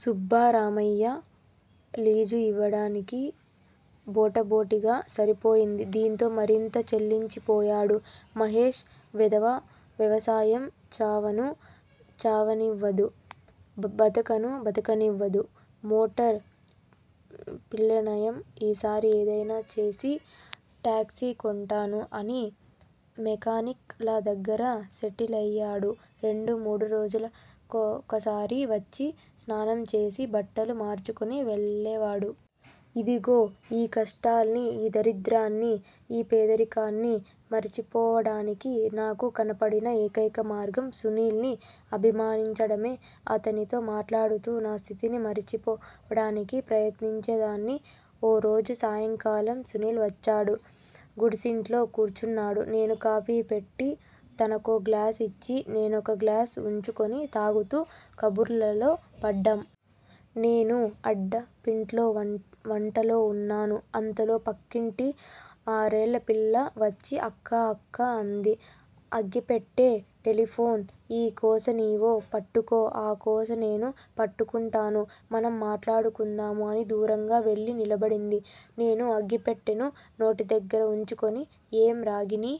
Subbaramaiah lease ఇవ్వడానికి బొటాబొటిగా సరిపోయింది. దీంతో మరింత చలించిపోయాడు మహేష్. వెధవ వ్యవసాయం చావానూ చావనివ్వదు, బతకనూ బతకనివ్వదు. మోటార్ పిల్లేనయం. ఈసారి ఏదైనా చేసి టాక్సీ కొంటాను అని మెకానిక్ ల దగ్గర సెటిలైయాడు. రెండు మూడు రోజులకొకసారి వచ్చి స్నానం చేసి బట్టలు మార్చుకుని వెళ్ళేవాడు. ఇదిగో ఈ కష్టాల్ని, ఈ దరిద్రాన్ని, ఈ పేదరికాన్ని మరచిపోవడానికి నాకు కనపడిన ఏకైక మార్గం సునీల్ ని అభిమానించడమే. అతనితో మాట్లాడుతూ నా స్థితిని మరిచిపోవడానికి ప్రయత్నించేదాన్ని. ఓరోజు సాయంకాలం సునీల్ వచ్చాడు. గుడిసింట్లో కూర్చున్నాడు. నేను కాఫీ పెట్టి తనకో గ్లాస్ ఇచ్చి, నేనొక గ్లాస్ వుంచుకుని తాగుతూ కబుర్లలో పడ్డాం. నేను అడ్డాపింట్లో వంటలో వున్నాను. అంతలో పక్కింటి ఆరేళ్ళపిల్ల వచ్చి అక్కా! అక్కా! అంది అగ్గెపెట్టె టెలిఫోన్. ఈ కొస నీవు పట్టుకో, ఆ కొస నేను పట్టుకుంటాను. మనం మాట్లాడుకుందాము అని దూరంగా వెళ్ళి నిలబడింది. నేను అగ్గిపెట్టెను నోటిదగ్గర వుంచుకొని, ఏం రాగిణీ!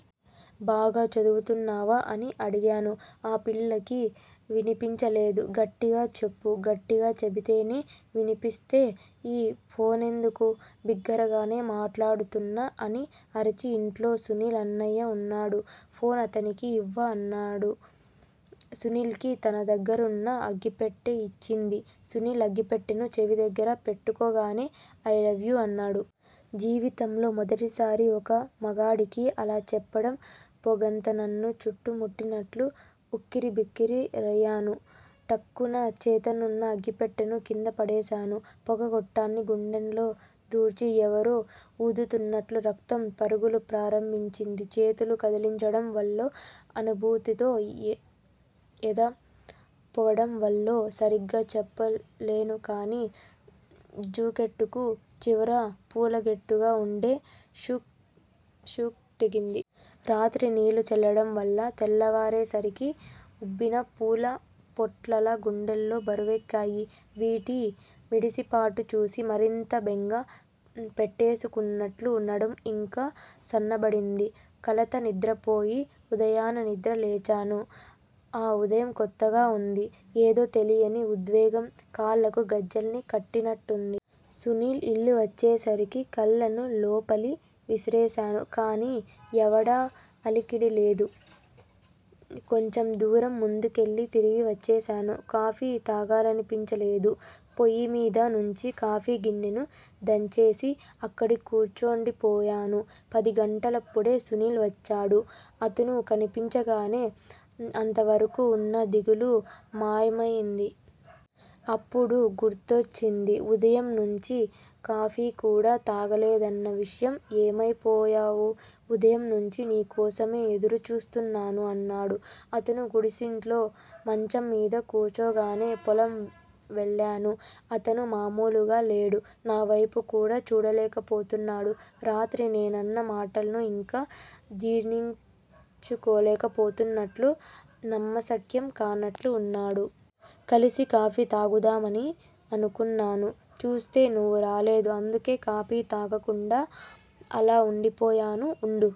బాగా చదువుతున్నావా? అని అడిగాను. ఆ పిల్లకి వినిపించలేదు. గట్టిగా చెప్పు గట్టిగా చెబితేనే వినిపిస్తే ఈ ఫోనెందుకు? బిగ్గరగానే మాట్లాడుతున్నా అని అరిచి, ఇంట్లో సునీల్ అన్నయ్య వున్నాడు, ఫోన్ అతనికి ఇవ్వు అన్నాడు. సునీల్ కి తన దగ్గరున్న అగ్గిపెట్టె యిచ్చింది. సునీల్ అగ్గిపెట్టెను చెవి దగ్గర పెట్టుకోగానే ఐ లవ్ యు అన్నాను. జీవితంలో మొదటిసారి ఒక మగాడికి అలా చెప్పడం పొగంతా నన్ను చుట్టుముట్టినట్లు ఉక్కిరిబిక్కిరయ్యాను. ఠక్కున చేతనున్న అగ్గిపెట్టెను కిందపడేశాను. పొగ గొట్టాన్ని గుండెల్లో దూర్చి ఎవరో వూదుతున్నట్లు రక్తం పరుగులు ప్రారంభించింది. చేతులు కదిలించడం వల్లో అనుభూతితో ఎద పొగడం వల్లో సరిగ్గా చెప్పలేనుకాని జూకెట్టుకు చివర పూలగేట్టుగా వుండే షూక్ తెగింది. రాత్రి నీళ్ళు చల్లడం వల్ల తెల్లవారేసరికి ఉబ్బిన పూల పొట్లల గుండెలు బరువెక్కాయి. వీటి మిడిసిపాటు చూసి మరింత బెంగ పెట్టేసుకున్నట్లు నడుం ఇంకా సన్నబడింది. కలత నిద్రపోయి, ఉదయాన నిద్ర లేచాను, ఆ ఉదయం కొత్తగా, వుంది. ఏదో తెలియని ఉద్వేగం కాళ్ళకు గజ్జెల్ని కట్టినట్టుంది. సునీల్ ఇల్లు వచ్చేసరికి కళ్ళను లోపలి విసిరేశాను. కానీ ఎవడ అలికిడి లేదు. కొంచెం దూరం ముందుకెళ్ళి, తిరిగి వచ్చేశాను. కాఫీ తాగాలనిపించలేదు. పొయ్యిమీద నుంచి కాఫీ గిన్నెను దంచేసి అక్కడి కూర్చుండిపోయాను. పదిగంటలప్పుడు సునీల్ వచ్చాడు. అతను కనిపించగానే అంతవరకు వున్న దిగులు మాయమైంది. అప్పుడు గుర్తొచ్చింది ఉదయం నుంచీ కాఫీ కూడా తాగలేదన్న విషయం ఏమైపోయావు? ఉదయం నుంచీ నీ కోసమే ఎదురుచూస్తున్నాను అన్నాడు అతను గుడిసింట్లో మంచం మీద కూర్చోగానే. పొలం వెళ్ళాను అతనూ మామూలుగా లేడు. నావైపు కూడా చూడలేకపోతున్నాడు. రాత్రి నేనన్న మాటలను ఇంకా జీర్ణించుకోలేక పోతున్నట్లు, నమ్మశక్యం కానట్లు వున్నాడు. కలిసి కాఫీ తాగుదామని అనుకున్నాను. చూస్తే నువ్వు రాలేదు. అందుకే కాఫీ తాగకుండా అలా వుండిపోయాను. వుండు-